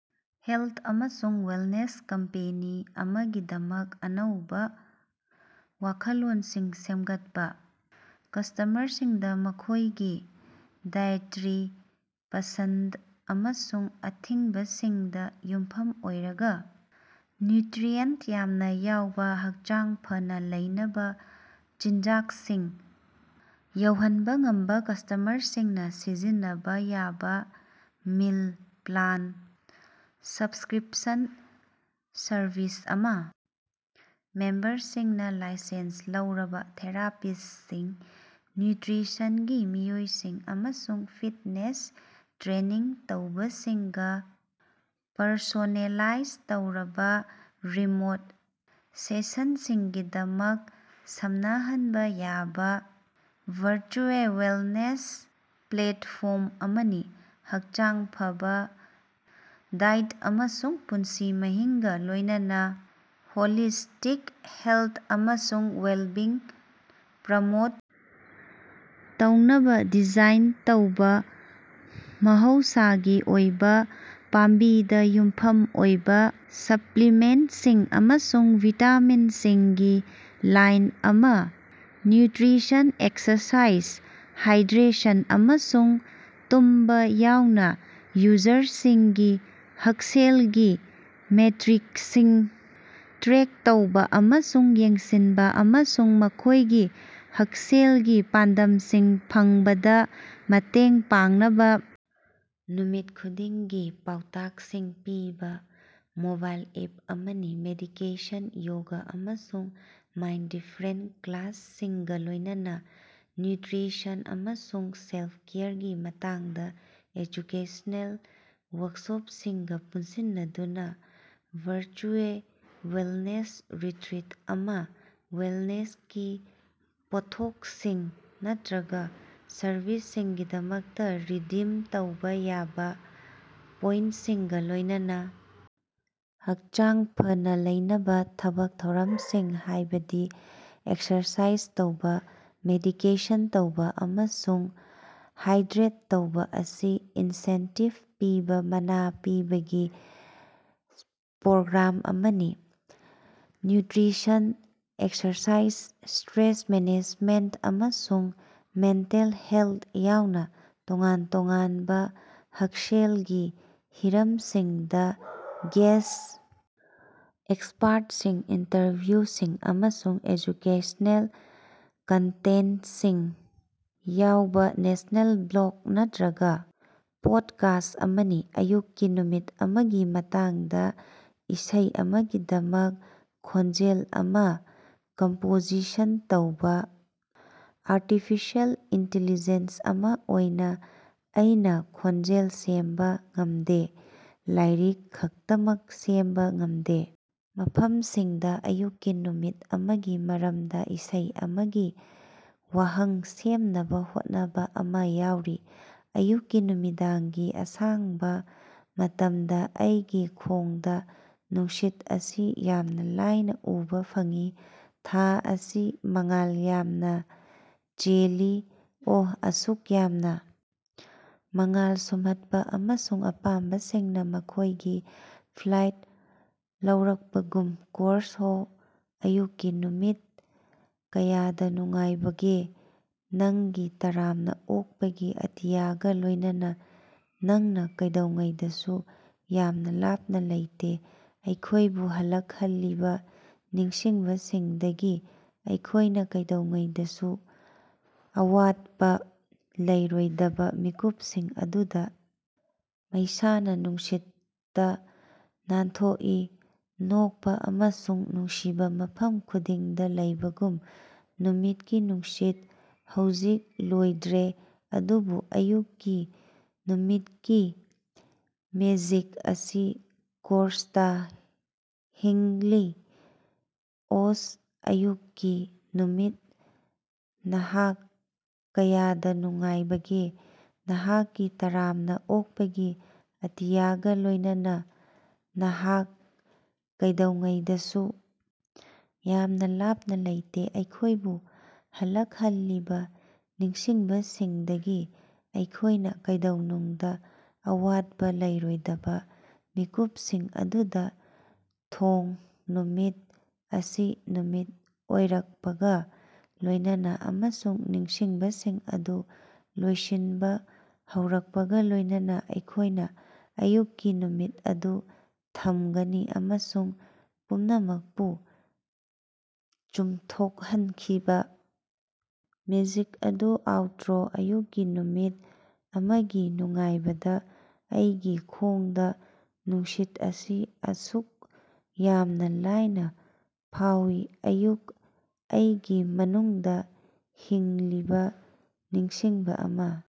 Health ꯑꯃꯁꯨꯡ wellness company ꯑꯃꯒꯤꯗꯃꯛ ꯑꯅꯧꯕ ꯋꯥꯈꯜꯂꯣꯟꯁꯤꯡ ꯁꯦꯝꯒꯠꯄ꯫ ꯀꯁ꯭ꯇꯃꯔꯁꯤꯡꯗ ꯃꯈꯣꯏꯒꯤ ꯗꯥꯏꯑꯦꯇ꯭ꯔꯤ ꯄꯁꯟꯗ ꯑꯃꯁꯨꯡ ꯑꯊꯤꯡꯕꯁꯤꯡꯗ ꯌꯨꯝꯐꯝ ꯑꯣꯏꯔꯒ ꯅ꯭ꯌꯨꯇ꯭ꯔꯤꯑꯦꯟꯇ ꯌꯥꯝꯅ ꯌꯥꯎꯕ, ꯍꯛꯆꯥꯡ ꯐꯅꯥ ꯂꯩꯅꯕ ꯆꯤꯟꯖꯥꯛꯁꯤꯡ ꯌꯧꯍꯟꯕ ꯉꯝꯕ ꯀꯁ꯭ꯇꯃꯔꯁꯤꯡꯅ ꯁꯤꯖꯤꯟꯅꯕ ꯌꯥꯕ ꯃꯤꯜ ꯄ꯭ꯂꯥꯟ ꯁꯕ꯭ꯁꯀ꯭ꯔꯤꯞꯁꯟ ꯁꯔꯚꯤꯁ ꯑꯃ, ꯃꯦꯝꯕꯔꯁꯤꯡꯅ ꯂꯥꯏꯁꯦꯟꯁ ꯂꯧꯔꯕ ꯊꯦꯔꯥꯄꯤꯁ꯭ꯇꯁꯤꯡ, ꯅ꯭ꯌꯨꯇ꯭ꯔꯤꯁꯟꯒꯤ ꯃꯤꯑꯣꯏꯁꯤꯡ, ꯑꯃꯁꯨꯡ ꯐꯤꯠꯅꯦꯁ ꯇ꯭ꯔꯦꯅꯤꯡ ꯇꯧꯕꯁꯤꯡꯒ ꯄꯔꯁꯣꯅꯦꯂꯥꯏꯖ ꯇꯧꯔꯕ, ꯔꯤꯃꯣꯠ ꯁꯦꯁꯟꯁꯤꯡꯒꯤꯗꯃꯛ ꯁꯝꯅꯍꯟꯕ ꯌꯥꯕ‌ ꯚꯔꯆꯨꯑꯦ ꯋꯦꯜꯅꯦꯁ ꯄ꯭ꯂꯦꯠꯐꯣꯔꯝ ꯑꯃꯅꯤ꯫ ꯍꯛꯆꯥꯡ ꯐꯕꯥ ꯗꯥꯏꯠ ꯑꯃꯁꯨꯡ ꯄꯨꯟꯁꯤ ꯃꯍꯤꯡꯒ ꯂꯣꯏꯅꯅ ꯍꯣꯂꯤꯁꯇꯤꯛ ꯍꯦꯜꯊ ꯑꯃꯁꯨꯡ ꯋꯦꯜꯕꯤꯡ ꯄ꯭ꯔꯃꯣꯠ ꯇꯧꯅꯕ ꯗꯤꯖꯥꯏꯟ ꯇꯧꯕ ꯃꯍꯧꯁꯥꯒꯤ ꯑꯣꯏꯕ, ꯄꯥꯝꯕꯤꯗ ꯌꯨꯝꯐꯝ ꯑꯣꯏꯕ ꯁꯄ꯭ꯂꯤꯃꯦꯟꯇꯁꯤꯡ ꯑꯃꯁꯨꯡ ꯚꯤꯇꯥꯃꯤꯟꯁꯤꯡꯒꯤ ꯂꯥꯏꯟ ꯑꯃ, ꯅ꯭ꯌꯨꯇꯔꯤꯁꯟ, ꯑꯦꯛꯁꯔꯁꯥꯏꯖ, ꯍꯥꯏꯗ꯭ꯔꯦꯁꯟ, ꯑꯃꯁꯨꯡ ꯇꯨꯝꯕ ꯌꯥꯎꯅ ꯌꯨꯖꯔꯁꯤꯡꯒꯤ ꯍꯛꯁꯦꯜꯒꯤ ꯃꯦꯇꯔꯤꯛꯁꯤꯡ ꯇ꯭ꯔꯦꯛ ꯇꯧꯕ ꯑꯃꯁꯨꯡ ꯌꯦꯡꯁꯤꯟꯕ ꯑꯃꯁꯨꯡ ꯃꯈꯣꯏꯒꯤ ꯍꯛꯁꯦꯜꯒꯤ ꯄꯥꯟꯗꯝꯁꯤꯡ ꯐꯪꯕꯗ ꯃꯇꯦꯡ ꯄꯥꯡꯅꯕ ꯅꯨꯃꯤꯠ ꯈꯨꯗꯤꯡꯒꯤ ꯄꯥꯎꯇꯥꯛꯁꯤꯡ ꯄꯤꯕ ꯃꯣꯕꯥꯏꯜ ꯑꯦꯞ ꯑꯃꯅꯤ꯫ ꯃꯦꯗꯤꯇꯦꯁꯟ, ꯌꯣꯒ, ꯑꯃꯁꯨꯡ ꯃꯥꯏꯟꯗꯐ꯭ꯔꯦꯟꯗ ꯀ꯭ꯂꯥꯁꯁꯤꯡꯒ ꯂꯣꯏꯅꯅ ꯅ꯭ꯌꯨꯇꯔꯤꯁꯟ ꯑꯃꯁꯨꯡ ꯁꯦꯜꯐ-ꯀꯦꯌꯔꯒꯤ ꯃꯇꯥꯡꯗ ꯑꯦꯖꯨꯀꯦꯁꯅꯦꯜ ꯋꯥ꯭ꯔꯛꯁꯣꯞꯁꯤꯡꯒ ꯄꯨꯟꯁꯤꯟꯅꯗꯨꯅ ꯚꯔꯆꯨꯑꯦ ꯋꯦꯜꯅꯦꯁ ꯔꯤꯇ꯭ꯔꯤꯠ ꯑꯃ, ꯋꯦꯜꯅꯦꯁꯀꯤ ꯄꯣꯠꯊꯣꯛꯁꯤꯡ ꯅꯠꯇꯔꯒ ꯁꯔꯚꯤꯁꯁꯤꯡꯒꯤꯗꯃꯛꯇ ꯔꯤꯗꯤꯝ ꯇꯧꯕ ꯌꯥꯕ ꯄꯣꯏꯟꯇꯁꯤꯡꯒ ꯂꯣꯏꯅꯅ ꯍꯛꯆꯥꯡ ꯐꯅꯥ ꯂꯩꯅꯕ ꯊꯕꯛ ꯊꯧꯔꯝꯁꯤꯡ, ꯍꯥꯏꯕꯗꯤ ꯑꯦꯛꯁꯔꯁꯥꯏꯖ ꯇꯧꯕ, ꯃꯦꯗꯤꯇꯦꯁꯟ ꯇꯧꯕ, ꯑꯃꯁꯨꯡ ꯍꯥꯏꯗ꯭ꯔꯦꯠ ꯇꯧꯕ ꯑꯁꯤ ꯏꯟꯁꯦꯟꯇꯤꯕ ꯄꯤꯕ ꯃꯅꯥ ꯄꯤꯕꯒꯤ ꯄ꯭ꯔꯣꯒ꯭ꯔꯥꯝ ꯑꯃꯅꯤ꯫ ꯅ꯭ꯌꯨꯇꯔꯤꯁꯟ, ꯑꯦꯛꯁꯔꯁꯥꯏꯖ, ꯁ꯭ꯇꯔꯦꯁ ꯃꯦꯅꯦꯖꯃꯦꯟꯇ, ꯑꯃꯁꯨꯡ ꯃꯦꯟꯇꯦꯜ ꯍꯦꯜꯊ ꯌꯥꯎꯅ ꯇꯣꯉꯥꯟ ꯇꯣꯉꯥꯟꯕ ꯍꯛꯁꯦꯜꯒꯤ ꯍꯤꯔꯝꯁꯤꯡꯗ ꯒꯦꯁ꯭ꯠ ꯑꯦꯛꯁꯄ꯭ꯔꯠꯁꯤꯡ, ꯏꯟꯇꯔꯚ꯭ꯌꯨꯁꯤꯡ, ꯑꯃꯁꯨꯡ ꯑꯦꯖꯨꯀꯦꯁꯅꯦꯜ ꯀꯟꯇꯦꯟꯇꯁꯤꯡ ꯌꯥꯎꯕ ꯋꯦꯜꯅꯦꯁ ꯕ꯭ꯂꯣꯒ ꯅꯠꯇꯔꯒ ꯄꯣꯗꯀꯥꯁ꯭ꯠ ꯑꯃꯅꯤ꯫ ꯑꯌꯨꯛꯀꯤ ꯅꯨꯃꯤꯠ ꯑꯃꯒꯤ ꯃꯇꯥꯡꯗ ꯏꯁꯩ ꯑꯃꯒꯤꯗꯃꯛ ꯈꯣꯟꯖꯦꯜ ꯑꯃ ꯀꯝꯄꯣꯖꯤꯁꯟ ꯇꯧꯕ꯫ ꯑꯥꯔꯇꯤꯐꯤꯁꯤꯑꯦꯜ ꯏꯟꯇꯤꯂꯤꯖꯦꯟꯁ ꯑꯃ ꯑꯣꯏꯅ ꯑꯩꯅ ꯈꯣꯟꯖꯦꯜ ꯁꯦꯝꯕ ꯉꯝꯗꯦ, ꯂꯥꯏꯔꯤꯛ ꯈꯛꯇꯃꯛ ꯁꯦꯝꯕ ꯉꯝꯗꯦ꯫ ꯃꯐꯝꯁꯤꯗ ꯑꯌꯨꯛꯀꯤ ꯅꯨꯃꯤꯠ ꯑꯃꯒꯤ ꯃꯔꯝꯗ ꯏꯁꯩ ꯑꯃꯒꯤ ꯋꯥꯍꯩ ꯁꯦꯝꯅꯕ‌ ꯍꯣꯠꯅꯕ ꯑꯃ ꯌꯥꯎꯔꯤ - ꯑꯌꯨꯛꯀꯤ ꯅꯨꯃꯤꯗꯥꯡꯒꯤ ꯑꯁꯥꯡꯕ ꯃꯇꯝꯗ ꯑꯩꯒꯤ ꯈꯣꯡꯗ ꯅꯨꯡꯁꯤꯠ ꯑꯁꯤ ꯌꯥꯝꯅ ꯂꯥꯏꯅ ꯎꯕꯥ ꯐꯪꯏ ꯊꯥ ꯑꯁꯤ ꯃꯉꯥꯜ ꯌꯥꯝꯅ ꯆꯦꯜꯂꯤ ꯑꯣ ꯑꯁꯨꯛ ꯌꯥꯝꯅ ꯃꯉꯥꯜ ꯁꯨꯝꯍꯠꯄ ꯑꯃꯁꯨꯡ ꯑꯄꯥꯝꯕꯁꯤꯡꯅ ꯃꯈꯣꯏꯒꯤ ꯐ꯭ꯂꯥꯏꯠ ꯂꯧꯔꯛꯄꯒꯨꯝ ꯀꯣꯔꯁ - ꯑꯣꯍ ꯑꯌꯨꯛꯀꯤ ꯅꯨꯃꯤꯠ, ꯀꯌꯥꯗ ꯅꯨꯡꯉꯥꯏꯕꯒꯦ ꯅꯪꯒꯤ ꯇꯔꯥꯝꯅ ꯑꯣꯛꯄꯒꯤ ꯑꯇꯤꯌꯥꯒ ꯂꯣꯏꯅꯅ ꯅꯪꯅ ꯀꯩꯗꯧꯉꯩꯗꯁꯨ ꯌꯥꯝꯅ ꯂꯥꯞꯅ ꯂꯩꯇꯦ ꯑꯩꯈꯣꯏꯕꯨ ꯍꯜꯂꯛꯍꯜꯂꯤꯕ ꯅꯤꯡꯁꯤꯡꯕꯁꯤꯡꯗꯒꯤ ꯑꯩꯈꯣꯏꯅ ꯀꯩꯗꯧꯉꯩꯗꯁꯨ ꯑꯋꯥꯠꯄ ꯂꯩꯔꯣꯏꯗꯕ ꯃꯤꯀꯨꯞꯁꯤꯡ ꯑꯗꯨꯗ ꯃꯩꯁꯥꯅ ꯅꯨꯡꯁꯤꯠꯇ ꯅꯥꯟꯊꯣꯛꯏ ꯅꯣꯛꯄ ꯑꯃꯁꯨꯡ ꯅꯨꯡꯁꯤꯕ ꯃꯐꯝ ꯈꯨꯗꯤꯡꯗ ꯂꯩꯕꯒꯨꯝ ꯅꯨꯃꯤꯠꯀꯤ ꯅꯨꯡꯁꯤꯠ ꯍꯧꯖꯤꯛ ꯂꯣꯏꯈ꯭ꯔꯦ ꯑꯗꯨꯕꯨ ꯑꯌꯨꯛꯀꯤ ꯅꯨꯃꯤꯠꯀꯤ ꯃꯦꯖꯤꯛ ꯑꯁꯤ ꯀꯣꯔꯁꯇꯥ ꯍꯤꯡꯂꯤ - ꯑꯣꯍ ꯑꯌꯨꯛꯀꯤ ꯅꯨꯃꯤꯠ, ꯅꯍꯥꯛ ꯀꯌꯥꯗꯅꯨꯡꯉꯥꯏꯕꯒꯦ ꯅꯍꯥꯛꯀꯤ ꯇꯔꯥꯝꯅ ꯑꯣꯛꯄꯒꯤ ꯑꯇꯤꯌꯥꯒ ꯂꯣꯏꯅꯅ, ꯅꯍꯥꯛ ꯀꯩꯗꯧꯉꯩꯗꯁꯨ ꯌꯥꯝꯅ ꯂꯥꯞꯅ ꯂꯩꯇꯦ ꯑꯩꯈꯣꯏꯕꯨ ꯍꯜꯂꯛꯍꯜꯂꯤꯕ ꯅꯤꯡꯁꯤꯡꯕꯁꯤꯡꯗꯒꯤ ꯑꯩꯈꯣꯏꯅ ꯀꯩꯗꯧꯅꯨꯡꯗ ꯑꯋꯥꯠꯄ ꯂꯩꯔꯣꯏꯗꯕ ꯃꯤꯀꯨꯞꯁꯤꯡ ꯑꯗꯨꯗ ꯊꯣꯡ - ꯅꯨꯃꯤꯠ ꯑꯁꯤ ꯅꯨꯃꯤꯠ ꯑꯣꯏꯔꯛꯄꯒ ꯂꯣꯏꯅꯅ ꯑꯃꯁꯨꯡ ꯅꯤꯡꯁꯤꯡꯕꯁꯤꯡ ꯑꯗꯨ ꯂꯣꯏꯁꯤꯟꯕ ꯍꯧꯔꯛꯄꯒ ꯂꯣꯏꯅꯅ ꯑꯩꯈꯣꯏꯅ ꯑꯌꯨꯛꯀꯤ ꯅꯨꯃꯤꯠ ꯑꯗꯨ ꯊꯝꯒꯅꯤ ꯑꯃꯁꯨꯡ ꯄꯨꯝꯅꯃꯛꯄꯨ ꯆꯨꯝꯊꯣꯛꯍꯟꯈꯤꯕ ꯃꯦꯖꯤꯛ ꯑꯗꯨ ꯑꯥꯎꯇꯔꯣ - ꯑꯌꯨꯛꯀꯤ ꯅꯨꯃꯤꯠ ꯑꯃꯒꯤ ꯅꯨꯡꯉꯥꯏꯕꯗ ꯑꯩꯒꯤ ꯈꯣꯡꯗꯥ ꯅꯨꯡꯁꯤꯠ ꯑꯁꯤ ꯑꯁꯨꯛ ꯌꯥꯝꯅ ꯂꯥꯏꯅ ꯐꯥꯎꯏ ꯑꯌꯨꯛ ꯑꯩꯒꯤ ꯃꯅꯨꯡꯗ ꯍꯤꯡꯂꯤꯕ ꯅꯤꯡꯁꯤꯡꯕ ꯑꯃ꯫